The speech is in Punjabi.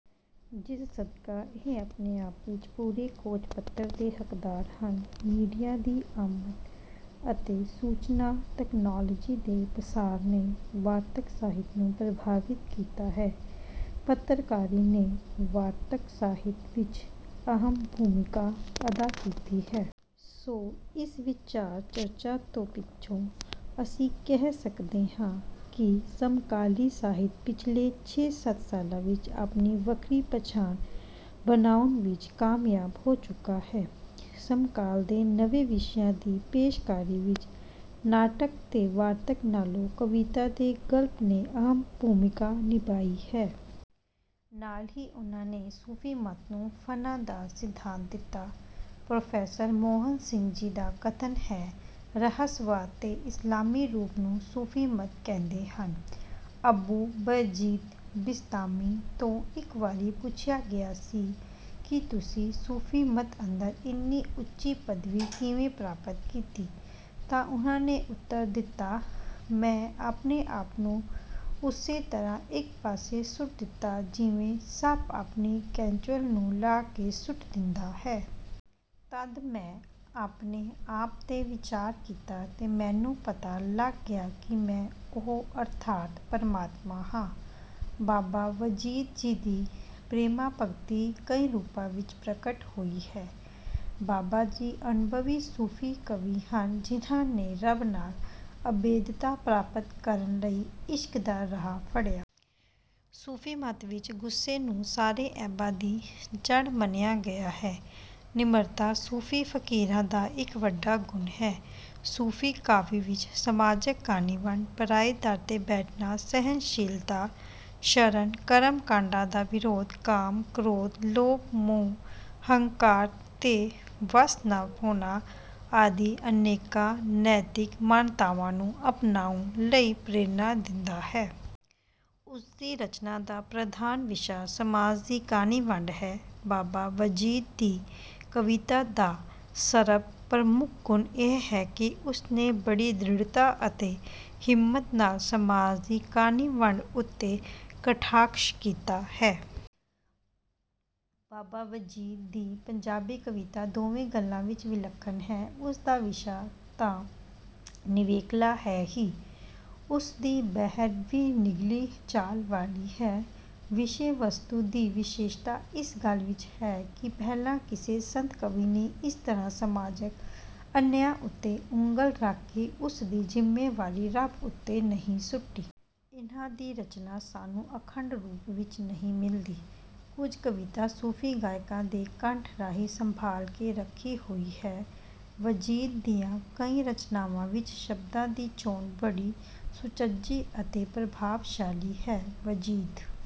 ਜਿਸ ਸਦਕਾ ਇਹ ਆਪਣੇ ਆਪ ਵਿੱਚ ਪੂਰੇ ਖੋਜ-ਪੱਤਰ ਦੇ ਹੱਕਦਾਰ ਹਨ। ਮੀਡੀਆ ਦੀ ਆਮਦ ਅਤੇ ਸੂਚਨਾ ਤਕਨਾਲੋਜੀ ਦੇ ਪਸਾਰ ਨੇ ਵਾਰਤਕ ਸਾਹਿਤ ਨੂੰ ਪ੍ਰਭਾਵਿਤ ਕੀਤਾ ਹੈ। ਪੱਤਰਕਾਰੀ ਨੇ ਵਾਰਤਕ ਸਾਹਿਤ ਵਿੱਚ ਅਹਿਮ ਭੂਮਿਕਾ ਅਦਾ ਕੀਤੀ ਹੈ। ਸੋ ਇਸ ਵਿਚਾਰ-ਚਰਚਾ ਤੋਂ ਪਿੱਛੋਂ ਅਸੀਂ ਕਹਿ ਸਕਦੇ ਹਾਂ ਕਿ ਸਮਕਾਲੀ ਸਾਹਿਤ ਪਿਛਲੇ ਛੇ-ਸੱਤ ਸਾਲਾਂ ਵਿੱਚ ਆਪਣੀ ਵੱਖਰੀ ਪਛਾਣ ਬਣਾਉਣ ਵਿੱਚ ਕਾਮਯਾਬ ਹੋ ਚੁੱਕਾ ਹੈ। ਸਮਕਾਲ ਦੇ ਨਵੇਂ ਵਿਸ਼ਿਆਂ ਦੀ ਪੇਸ਼ਕਾਰੀ ਵਿੱਚ ਨਾਟਕ ਤੇ ਵਾਰਤਕ ਨਾਲੋਂ ਕਵਿਤਾ ਤੇ ਗਲਪ ਨੇ ਅਹਿਮ ਭੂਮਿਕਾ ਨਿਭਾਈ ਹੈ। ਨਾਲ ਹੀ ਉਨ੍ਹਾਂ ਨੇ ਸੂਫ਼ੀਮਤ ਨੂੰ 'ਫਨਾ' ਦਾ ਸਿਧਾਂਤ ਦਿੱਤਾ। ਪ੍ਰੋਫੈਸਰ ਮੋਹਨ ਸਿੰਘ ਜੀ ਦਾ ਕਥਨ ਹੈ, "ਰਹੱਸਵਾਦ ਦੇ ਇਸਲਾਮੀ ਰੂਪ ਨੂੰ ਸੂਫ਼ੀਮਤ ਕਹਿੰਦੇ ਹਨ।" ਅਬੂ ਬਯਜੀਦ ਬਿਸਤਾਮੀ ਤੋਂ ਇੱਕ ਵਾਰੀ ਪੁੱਛਿਆ ਗਿਆ ਕਿ ਤੁਸੀਂ ਸੂਫ਼ੀਮਤ ਅੰਦਰ ਇੰਨੀ ਉੱਚੀ ਪਦਵੀ ਕਿਵੇਂ ਪ੍ਰਾਪਤ ਕੀਤੀ, ਤਾਂ ਉਨ੍ਹਾਂ ਨੇ ਉੱਤਰ ਦਿੱਤਾ, "ਮੈਂ ਆਪਣੇ ਆਪ ਨੂੰ ਉਸੇ ਤਰ੍ਹਾਂ ਇੱਕ ਪਾਸੇ ਸੁੱਟ ਦਿੱਤਾ ਜਿਵੇਂ ਸੱਪ ਆਪਣੀ ਕੈਂਚੁਲ ਨੂੰ ਲਾਹ ਕੇ ਸੁੱਟ ਦਿੰਦਾ ਹੈ। ਤਦ ਮੈਂ ਆਪਣੇ ਆਪ ਤੇ ਵਿਚਾਰ ਕੀਤਾ ਤੇ ਮੈਨੂੰ ਪਤਾ ਲੱਗ ਗਿਆ ਕਿ ਮੈਂ ਉਹ, ਅਰਥਾਤ ਪਰਮਾਤਮਾ ਹਾਂ।" ਬਾਬਾ ਵਜੀਦ ਜੀ ਦੀ ਪ੍ਰੇਮਾ-ਭਗਤੀ ਕਈ ਰੂਪਾਂ ਵਿੱਚ ਪ੍ਰਗਟ ਹੋਈ ਹੈ। ਬਾਬਾ ਜੀ ਅਨੁਭਵੀ ਸੂਫ਼ੀ ਕਵੀ ਹਨ ਜਿਨ੍ਹਾਂ ਨੇ ਰੱਬ ਨਾਲ ਅਭੇਦਤਾ ਪ੍ਰਾਪਤ ਕਰਨ ਲਈ ਇਸ਼ਕ ਦਾ ਰਾਹ ਫੜਿਆ। ਸੂਫ਼ੀਮਤ ਵਿੱਚ ਗੁੱਸੇ ਨੂੰ ਸਾਰੇ ਐਬਾਂ ਦੀ ਜੜ੍ਹ ਮੰਨਿਆ ਗਿਆ ਹੈ। ਨਿਮਰਤਾ ਸੂਫ਼ੀ ਫਕੀਰਾਂ ਦਾ ਇੱਕ ਵੱਡਾ ਗੁਣ ਹੈ। ਸੂਫ਼ੀ ਕਾਵਿ ਵਿੱਚ ਸਮਾਜਕ ਕਾਣੀ ਵੰਡ, ਪਰਾਏ ਦਰ ਤੇ ਬੈਠਣਾ, ਸਹਿਣਸ਼ੀਲਤਾ, ਸ਼ਰਨ, ਕਰਮ-ਕਾਂਡਾਂ ਦਾ ਵਿਰੋਧ, ਕਾਮ, ਕ੍ਰੋਧ, ਲੋਭ, ਮੋਹ, ਹੰਕਾਰ ਦੇ ਵੱਸ ਨਾ ਹੋਣਾ ਆਦਿ ਅਨੇਕਾਂ ਨੈਤਿਕ ਮਾਨਤਾਵਾਂ ਨੂੰ ਅਪਣਾਉਣ ਲਈ ਪ੍ਰੇਰਨਾ ਦਿੰਦਾ ਹੈ। ਉਸ ਦੀ ਰਚਨਾ ਦਾ ਪ੍ਰਧਾਨ ਵਿਸ਼ਾ ਸਮਾਜ ਦੀ ਕਾਣੀ ਵੰਡ ਹੈ। ਬਾਬਾ ਵਜੀਦ ਦੀ ਕਵਿਤਾ ਦਾ ਸਰਬ-ਪ੍ਰਮੁੱਖ ਗੁਣ ਇਹ ਹੈ ਕਿ ਉਸਨੇ ਬੜੀ ਦ੍ਰਿੜ੍ਹਤਾ ਅਤੇ ਹਿੰਮਤ ਨਾਲ ਸਮਾਜ ਦੀ ਕਾਣੀ ਵੰਡ ਉੱਤੇ ਕਟਾਖ਼ਸ਼ ਕੀਤਾ ਹੈ। ਬਾਬਾ ਵਜੀਦ ਦੀ ਪੰਜਾਬੀ ਕਵਿਤਾ ਦੋਵੇਂ ਗੱਲਾਂ ਵਿੱਚ ਵਿਲੱਖਣ ਹੈ। ਉਸਦਾ ਵਿਸ਼ਾ ਤਾਂ ਨਿਵੇਕਲਾ ਹੈ ਹੀ, ਉਸਦੀ ਬਹਿਰ ਵੀ ਨਿਗਲੀ ਚਾਲ ਵਾਲੀ ਹੈ। ਵਿਸ਼ੇ-ਵਸਤੂ ਦੀ ਵਿਸ਼ੇਸ਼ਤਾ ਇਸ ਗੱਲ ਵਿੱਚ ਹੈ ਕਿ ਪਹਿਲਾਂ ਕਿਸੇ ਸੰਤ-ਕਵੀ ਨੇ ਇਸ ਤਰ੍ਹਾਂ ਸਮਾਜਕ ਅਨਿਆਂ ਉੱਤੇ ਉਂਗਲ ਰੱਖ ਕੇ ਉਸਦੀ ਜ਼ਿੰਮੇਵਾਰੀ ਰੱਬ ਉੱਤੇ ਨਹੀਂ ਸੁੱਟੀ। ਇਨ੍ਹਾਂ ਦੀ ਰਚਨਾ ਸਾਨੂੰ ਅਖੰਡ ਰੂਪ ਵਿੱਚ ਨਹੀਂ ਮਿਲਦੀ। ਕੁਝ ਕਵਿਤਾ ਸੂਫ਼ੀ ਗਾਇਕਾਂ ਦੇ ਕੰਠ ਰਾਹੀਂ ਸੰਭਾਲ ਕੇ ਰੱਖੀ ਹੋਈ ਹੈ। ਵਜੀਦ ਦੀਆਂ ਕਈ ਰਚਨਾਵਾਂ ਵਿੱਚ ਸ਼ਬਦਾਂ ਦੀ ਚੋਣ ਬੜੀ ਸੁਚੱਜੀ ਤੇ ਪ੍ਰਭਾਵਸ਼ਾਲੀ ਹੈ। ਵਜੀਦ